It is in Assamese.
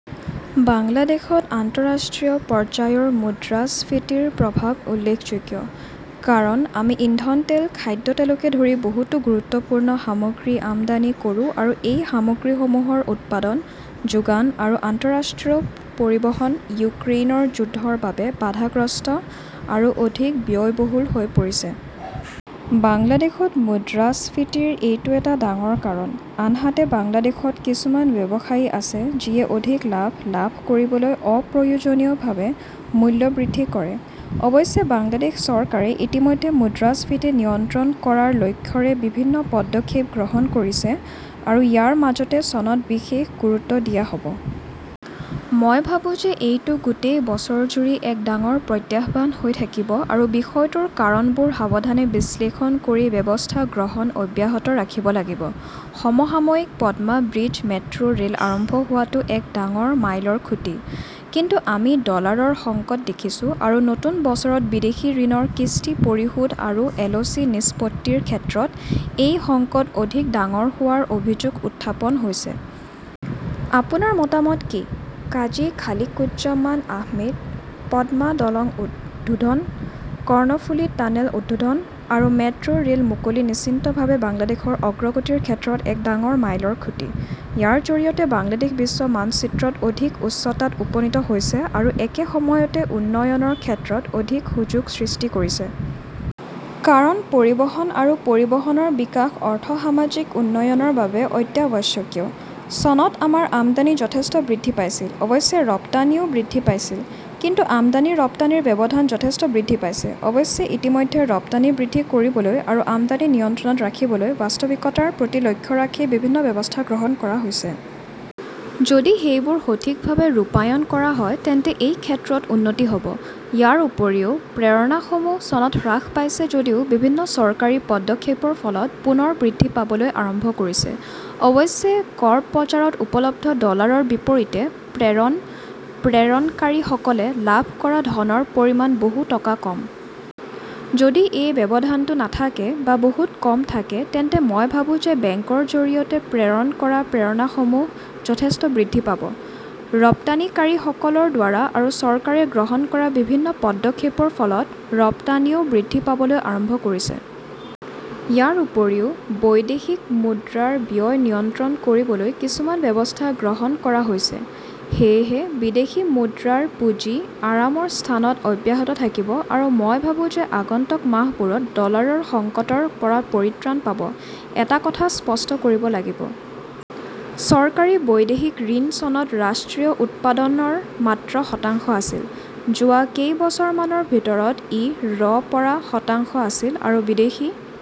বাংলাদেশত আন্তঃৰাষ্ট্ৰীয় পৰ্যায়ৰ মুদ্ৰাস্ফীতিৰ প্ৰভাৱ উল্লেখযোগ্য। কাৰণ, আমি ইন্ধন তেল, খাদ্য তেলকে ধৰি বহুতো গুৰুত্বপূৰ্ণ সামগ্ৰী আমদানি কৰো আৰু এই সামগ্ৰীসমূহৰ উৎপাদন, যোগান আৰু আন্তঃৰাষ্ট্ৰীয় পৰিবহণ ইউক্ৰেইনৰ যুদ্ধৰ বাবে বাধাগ্ৰস্ত আৰু অধিক ব্যয়বহুল হৈ পৰিছে। বাংলাদেশত মুদ্ৰাস্ফীতিৰ এইটো এটা ডাঙৰ কাৰণ। আনহাতে বাংলাদেশত কিছুমান ব্যৱসায়ী আছে যিয়ে অধিক লাভ লাভ কৰিবলৈ অপ্ৰয়োজনীয়ভাৱে মূল্য বৃদ্ধি কৰে। অৱশ্যে বাংলাদেশ চৰকাৰে ইতিমধ্যে মুদ্ৰাস্ফীতি নিয়ন্ত্ৰণ কৰাৰ লক্ষ্যৰে বিভিন্ন পদক্ষেপ গ্ৰহণ কৰিছে আৰু ইয়াৰ মাজতে চনত বিশেষ গুৰুত্ব দিয়া হ 'ব। মই ভাবো যে এইটো গোটেই বছৰজুৰি এক ডাঙৰ প্ৰত্যাহ্বান হৈ থাকিব আৰু বিষয়টোৰ কাৰণবোৰ সাৱধানে বিশ্লেষণ কৰি ব্যৱস্থা গ্ৰহণ অব্যাহত ৰাখিব লাগিব। সমসাময়িকঃ পদ্মা ব্ৰীজ-মেট্ৰ "ৰেল আৰম্ভ হোৱাটো এক ডাঙৰ মাইলৰ খুঁটি। কিন্তু আমি ডলাৰৰ সংকট দেখিছোঁ আৰু নতুন বছৰত বিদেশী ঋণৰ কিস্তি পৰিশোধ আৰু এলচি নিষ্পত্তিৰ ক্ষেত্ৰত এই সংকট অধিক ডাঙৰ হোৱাৰ অভিযোগ উত্থাপন হৈছে। আপোনাৰ মতামত কি? কাজী খালিকুজ্জমান আহমেদঃ পদ্মা দলং উদ্বোধন, কৰ্ণফুলি টানেল উদ্বোধন আৰু মেট্ৰ "ৰেল মুকলি নিশ্চিতভাৱে বাংলাদেশৰ অগ্ৰগতিৰ ক্ষেত্ৰত এক ডাঙৰ মাইলৰ খুঁটি। ইয়াৰ জৰিয়তে বাংলাদেশ বিশ্ব মানচিত্ৰত অধিক উচ্চতাত উপনীত হৈছে আৰু একে সময়তে উন্নয়নৰ ক্ষেত্ৰত অধিক সুযোগ সৃষ্টি কৰিছে। কাৰণ পৰিবহণ আৰু পৰিবহণৰ বিকাশ অৰ্থ-সামাজিক উন্নয়নৰ বাবে অত্যাৱশ্যকীয়। চনত আমাৰ আমদানি যথেষ্ট বৃদ্ধি পাইছিল, অৱশ্যে ৰপ্তানিও বৃদ্ধি পাইছিল। কিন্তু আমদানি-ৰপ্তানিৰ ব্যৱধান যথেষ্ট বৃদ্ধি পাইছে। অৱশ্যে, ইতিমধ্যে ৰপ্তানি বৃদ্ধি কৰিবলৈ আৰু আমদানি নিয়ন্ত্ৰণত ৰাখিবলৈ বাস্তৱিকতাৰ প্ৰতি লক্ষ্য ৰাখি বিভিন্ন ব্যৱস্থা গ্ৰহণ কৰা হৈছে। যদি সেইবোৰ সঠিকভাৱে ৰূপায়ণ কৰা হয় তেন্তে এই ক্ষেত্ৰত উন্নতি হ 'ব। ইয়াৰ উপৰিও, প্ৰেৰণাসমূহ চনত হ্ৰাস পাইছে যদিও বিভিন্ন চৰকাৰী পদক্ষেপৰ ফলত পুনৰ বৃদ্ধি পাবলৈ আৰম্ভ কৰিছে। অৱশ্যে, কৰ্ব বজাৰত উপলব্ধ ডলাৰৰ বিপৰীতে প্ৰেৰণ প্ৰেৰণকাৰীসকলে লাভ কৰা ধনৰ পৰিমাণ বহু টকা কম। যদি এই ব্যৱধানটো নাথাকে বা বহুত কম থাকে তেন্তে মই ভাবো যে বেংকৰ জৰিয়তে প্ৰেৰণ কৰা প্ৰেৰণাসমূহ যথেষ্ট বৃদ্ধি পাব। ৰপ্তানিকাৰীসকলৰ দ্বাৰা আৰু চৰকাৰে গ্ৰহণ কৰা বিভিন্ন পদক্ষেপৰ ফলত ৰপ্তানিও বৃদ্ধি পাবলৈ আৰম্ভ কৰিছে। ইয়াৰ উপৰিও বৈদেশিক মুদ্ৰাৰ ব্যয় নিয়ন্ত্ৰণ কৰিবলৈ কিছুমান ব্যৱস্থা গ্ৰহণ কৰা হৈছে। সেয়েহে বিদেশী মুদ্ৰাৰ পুঁজি আৰামৰ স্থানত অব্যাহত থাকিব আৰু মই ভাবো যে আগন্তুক মাহবোৰত ডলাৰৰ সংকটৰ পৰা পৰিত্ৰাণ পাব। এটা কথা স্পষ্ট কৰিব লাগিব। চৰকাৰী বৈদেশিক ঋণ চনত ৰাষ্ট্ৰীয় উৎপাদন ৰ মাত্ৰ শতাংশ আছিল। যোৱা কেইবছৰমানৰ ভিতৰত ই ৰ পৰা শতাংশ আছিল। আৰু বিদেশী